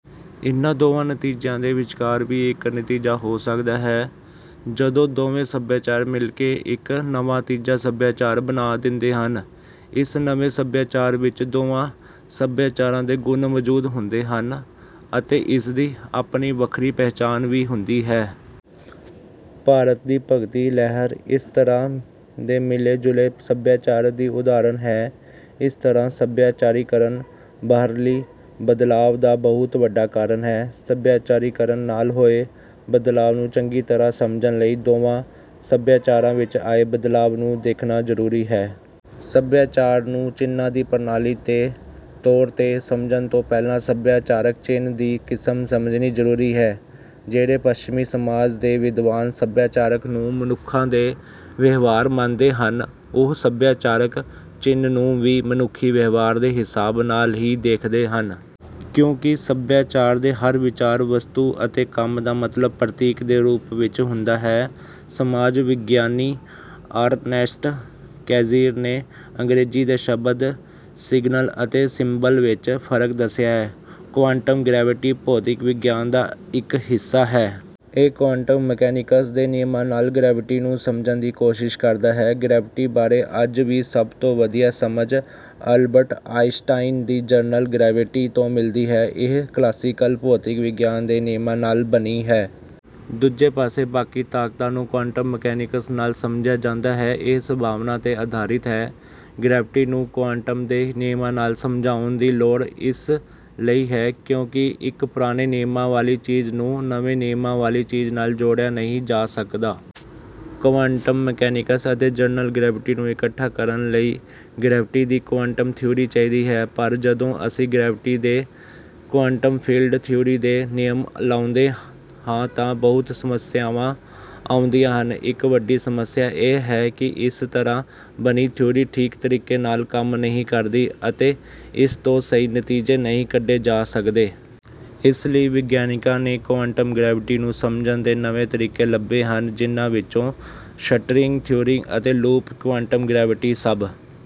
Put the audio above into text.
ਇਨ੍ਹਾਂ ਦੋਵਾਂ ਨਤੀਜਿਆਂ ਦੇ ਵਿਚਕਾਰ ਵੀ ਇੱਕ ਨਤੀਜਾ ਹੋ ਸਕਦਾ ਹੈ। ਜਦੋਂ ਦੋਵੇਂ ਸਭਿਆਚਾਰ ਮਿਲ ਕੇ ਇੱਕ ਨਵਾਂ ਤੀਜਾ ਸਭਿਆਚਾਰ ਬਣਾ ਦਿੰਦੇ ਹਨ। ਇਸ ਨਵੇਂ ਸਭਿਆਚਾਰ ਵਿੱਚ ਦੋਵਾਂ ਸਭਿਆਚਾਰਾਂ ਦੇ ਗੁਣ ਮੌਜੂਦ ਹੁੰਦੇ ਹਨ ਅਤੇ ਇਸਦੀ ਆਪਣੀ ਵੱਖਰੀ ਪਛਾਣ ਵੀ ਹੁੰਦੀ ਹੈ। ਭਾਰਤ ਦੀ ਭਗਤੀ ਲਹਿਰ ਇਸ ਤਰ੍ਹਾਂ ਦੇ ਮਿਲੇ ਜੁਲੇ ਸਭਿਆਚਾਰ ਦੀ ਉਦਾਹਰਨ ਹੈ। ਇਸ ਤਰ੍ਹਾਂ ਸੱਭਿਆਚਾਰੀਕਰਨ ਬਾਹਰੀ ਬਦਲਾਅ ਦਾ ਬਹੁਤ ਵੱਡਾ ਕਾਰਨ ਹੈ। ਸੱਭਿਆਚਾਰੀਕਰਨ ਨਾਲ ਹੋਏ ਬਦਲਾਅ ਨੂੰ ਚੰਗੀ ਤਰ੍ਹਾਂ ਸਮਝਣ ਲਈ ਦੋਵਾਂ ਸਭਿਆਚਾਰਾਂ ਵਿੱਚ ਆਏ ਬਦਲਾਅ ਨੂੰ ਦੇਖਣਾ ਜ਼ਰੂਰੀ ਹੈ। ਸਭਿਆਚਾਰ ਨੂੰ ਚਿੰਨ੍ਹਾਂ ਦੀ ਪ੍ਰਣਾਲੀ ਦੇ ਤੌਰ ਤੇ ਸਮਝਣ ਤੋਂ ਪਹਿਲਾਂ ਸਭਿਆਚਾਰਕ ਚਿੰਨ੍ਹ ਦੀ ਕਿਸਮ ਸਮਝਣੀ ਜ਼ਰੂਰੀ ਹੈ। ਜਿਹੜੇ ਪੱਛਮੀ ਸਮਾਜ ਦੇ ਵਿਦਵਾਨ ਸਭਿਆਚਾਰ ਨੂੰ ਮਨੁੱਖਾਂ ਦੇ ਵਿਹਾਰ ਮੰਨਦੇ ਹਨ ਉਹ ਸਭਿਆਚਾਰਕ ਚਿੰਨ੍ਹ ਨੂੰ ਵੀ ਮਨੁੱਖੀ ਵਿਹਾਰ ਦੇ ਹਿਸਾਬ ਨਾਲ ਹੀ ਦੇਖਦੇ ਹਨ। ਕਿਉਂਕਿ ਸਭਿਆਚਾਰ ਦੇ ਹਰ ਵਿਚਾਰ ਵਸਤੂ ਅਤੇ ਕੰਮ ਦਾ ਮਤਲਬ ਪ੍ਰਤੀਕ ਦੇ ਰੂਪ ਵਿੱਚ ਹੁੰਦਾ ਹੈ। ਸਮਾਜ ਵਿਗਿਆਨੀ ਅਰਨੈਸਟ ਕੈਜ਼ੀਰ ਨੇ ਅੰਗਰੇਜ਼ੀ ਦੇ ਸ਼ਬਦ ਸਿਗਨਲ ਅਤੇ ਸਿੰਬਲ ਵਿੱਚ ਫਰਕ ਦੱਸਿਆ। ਕੁਆਂਟਮ ਗਰੈਵਿਟੀ ਭੌਤਿਕ ਵਿਗਿਆਨ ਦਾ ਇੱਕ ਹਿੱਸਾ ਹੈ। ਇਹ ਕੁਆਂਟਮ ਮਕੈਨਿਕਸ ਦੇ ਨਿਯਮਾਂ ਨਾਲ ਗਰੈਵਿਟੀ ਨੂੰ ਸਮਝਣ ਦੀ ਕੋਸ਼ਿਸ਼ ਕਰਦਾ ਹੈ। ਗਰੈਵਿਟੀ ਬਾਰੇ ਅੱਜ ਦੀ ਸਭ ਤੋਂ ਵਧੀਆ ਸਮਝ ਅਲਬਰਟ ਆਈਨਸਟਾਈਨ ਦੀ ਜਨਰਲ ਰਿਲੇਟੀਵਿਟੀ ਤੋਂ ਮਿਲਦੀ ਹੈ। ਇਹ ਕਲਾਸੀਕਲ ਭੌਤਿਕ ਵਿਗਿਆਨ ਦੇ ਨਿਯਮਾਂ ਨਾਲ ਬਣੀ ਹੈ। ਦੂਜੇ ਪਾਸੇ ਬਾਕੀ ਤਾਕਤਾਂ ਨੂੰ ਕੁਆਂਟਮ ਮਕੈਨਿਕਸ ਨਾਲ ਸਮਝਾਇਆ ਜਾਂਦਾ ਹੈ। ਇਹ ਸੰਭਾਵਨਾ ਤੇ ਆਧਾਰਿਤ ਹੈ। ਗਰੈਵਿਟੀ ਨੂੰ ਕੁਆਂਟਮ ਦੇ ਨਿਯਮਾਂ ਨਾਲ ਸਮਝਾਉਣ ਦੀ ਲੋੜ ਇਸ ਲਈ ਹੈ ਕਿਉਂਕਿ ਇੱਕ ਪੁਰਾਣੇ ਨਿਯਮਾਂ ਵਾਲੀ ਚੀਜ਼ ਨੂੰ ਨਵੇਂ ਨਿਯਮਾਂ ਵਾਲੀ ਚੀਜ਼ ਨਾਲ ਜੋੜਿਆ ਨਹੀਂ ਜਾ ਸਕਦਾ। ਕੁਆਂਟਮ ਮਕੈਨਿਕਸ ਅਤੇ ਜਨਰਲ ਰਿਲੇਟੀਵਿਟੀ ਨੂੰ ਇਕੱਠਾ ਕਰਨ ਲਈ ਗਰੈਵਿਟੀ ਦੀ ਕੁਆਂਟਮ ਥਿਊਰੀ ਚਾਹੀਦੀ ਹੈ। ਪਰ ਜਦੋਂ ਅਸੀਂ ਗਰੈਵਿਟੀ ਤੇ ਕੁਆਂਟਮ ਫੀਲਡ ਥਿਊਰੀ ਦੇ ਨਿਯਮ ਲਾਉਂਦੇ ਹਾਂ ਤਾਂ ਬਹੁਤ ਸਮੱਸਿਆਵਾਂ ਆਉਂਦੀਆਂ ਹਨ। ਇੱਕ ਵੱਡੀ ਸਮੱਸਿਆ ਇਹ ਹੈ ਕਿ ਇਸ ਤਰ੍ਹਾਂ ਬਣੀ ਥਿਊਰੀ ਠੀਕ ਤਰੀਕੇ ਨਾਲ ਕੰਮ ਨਹੀਂ ਕਰਦੀ ਅਤੇ ਇਸ ਤੋਂ ਸਹੀ ਨਤੀਜੇ ਨਹੀਂ ਕੱਢੇ ਜਾ ਸਕਦੇ। ਇਸ ਲਈ ਵਿਗਿਆਨੀਆਂ ਨੇ ਕੁਆਂਟਮ ਗਰੈਵਿਟੀ ਨੂੰ ਸਮਝਣ ਦੇ ਨਵੇਂ ਤਰੀਕੇ ਲੱਭੇ ਹਨ। ਜਿਨ੍ਹਾਂ ਵਿੱਚੋਂ ਸਟਰਿੰਗ ਥਿਊਰੀ ਅਤੇ ਲੂਪ ਕੁਆਂਟਮ ਗਰੈਵਿਟੀ ਸਭ